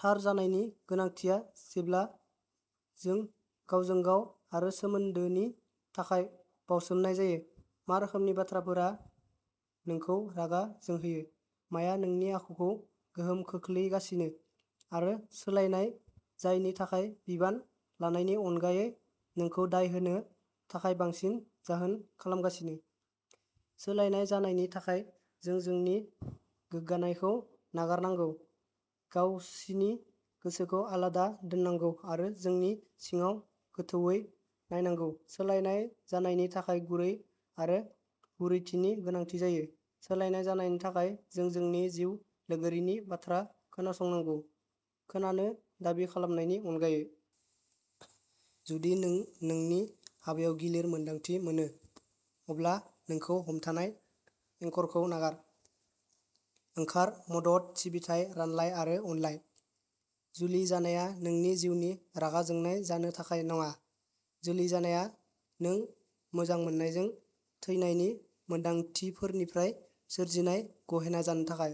थार जानायनि गोनांथिया जेब्ला जों गावजों गाव आरो सोमोन्दोनि थाखाय बावसोमनाय जायो। मा रोखोमनि बाथ्राफोरा नोंखौ रागा जोंहोयो? माया नोंनि आखुखौ गोहोम खोख्लैगासिनो आरो सोलायनाय जानायनि थाखाय बिबान लानायनि अनगायै नोंखौ दाय होनो थाखाय बांसिन जाहोन खालामगासिनो? सोलायनाय जानायनि थाखाय जों जोंनि गोग्गानायखौ नागारनांगौ, गावसिनि गोसोखौ आलादा दोननांगौ आरो जोंनि सिङाव गोथौवै नायनांगौ। सोलायनाय जानायनि थाखाय गुरै आरो गुरैथिनि गोनांथि जायो। सोलायनाय जानायनि थाखाय जों जोंनि जिउ लोगोरिनि बाथ्रा खोनासंनांगौ, खोनानो दाबि खालामनायनि अनगायै। जुदि नों नोंनि हाबायाव गिलिर मोन्दांथि मोनो, अब्ला नोंखौ हमथानाय एंकरखौ नागार। ओंखार, मदद, सिबिथाइ, रानलाय आरो अनज्लाय। जुलि जानाया नोंनि जिउनि रागा जोंनाय जानो थाखाय नङा। जुलि जानाया नों मोजां मोननायजों थैनायनि मोनदांथिफोरनिफ्राय सोरजिनाय गहेना जानो थाखाय।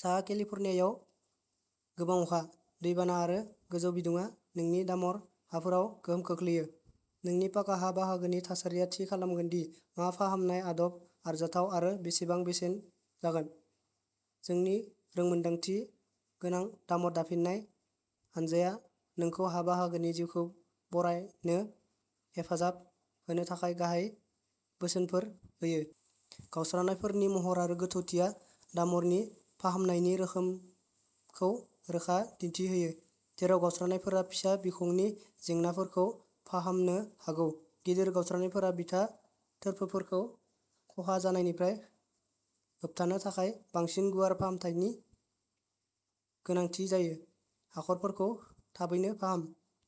साहा केलिफर्नियायाव गोबां अखा, दै बाना आरो गोजौ बिदुङा नोंनि डामर हाफोराव गोहोम खोख्लैयो। नोंनि पाका हा बाहागोनि थासारिया थि खालामगोन दि मा फाहामनाय आदबा आरजाथाव आरो बेसेबां बेसेन जागोन। जोंनि रोंमोनदांथि गोनां डामर दाफिननाय हानजाया नोंखौ हा बाहागोनि जिउखौ बारायनो हेफाजाब होनो थाखाय गाहाय बोसोनफोर होयो। गावस्रानायफोरनि महर आरो गोथौथिया डामरनि फाहामनायनि रोखोमखौ रोखा दिन्थि होयो, जेराव गावस्रानायफोरा फिसा बिखंनि जेंनाफोरखौ फाहामनो हागौ, गिदिर गावस्रानायफोरा बिथा थोरफोफोरखौ खहा जानायनिफ्राय होबथानो थाखाय बांसिन गुवार फाहामनायनि गोनांथि जायो। हाखरफोरखौ थाबैनो फाहाम।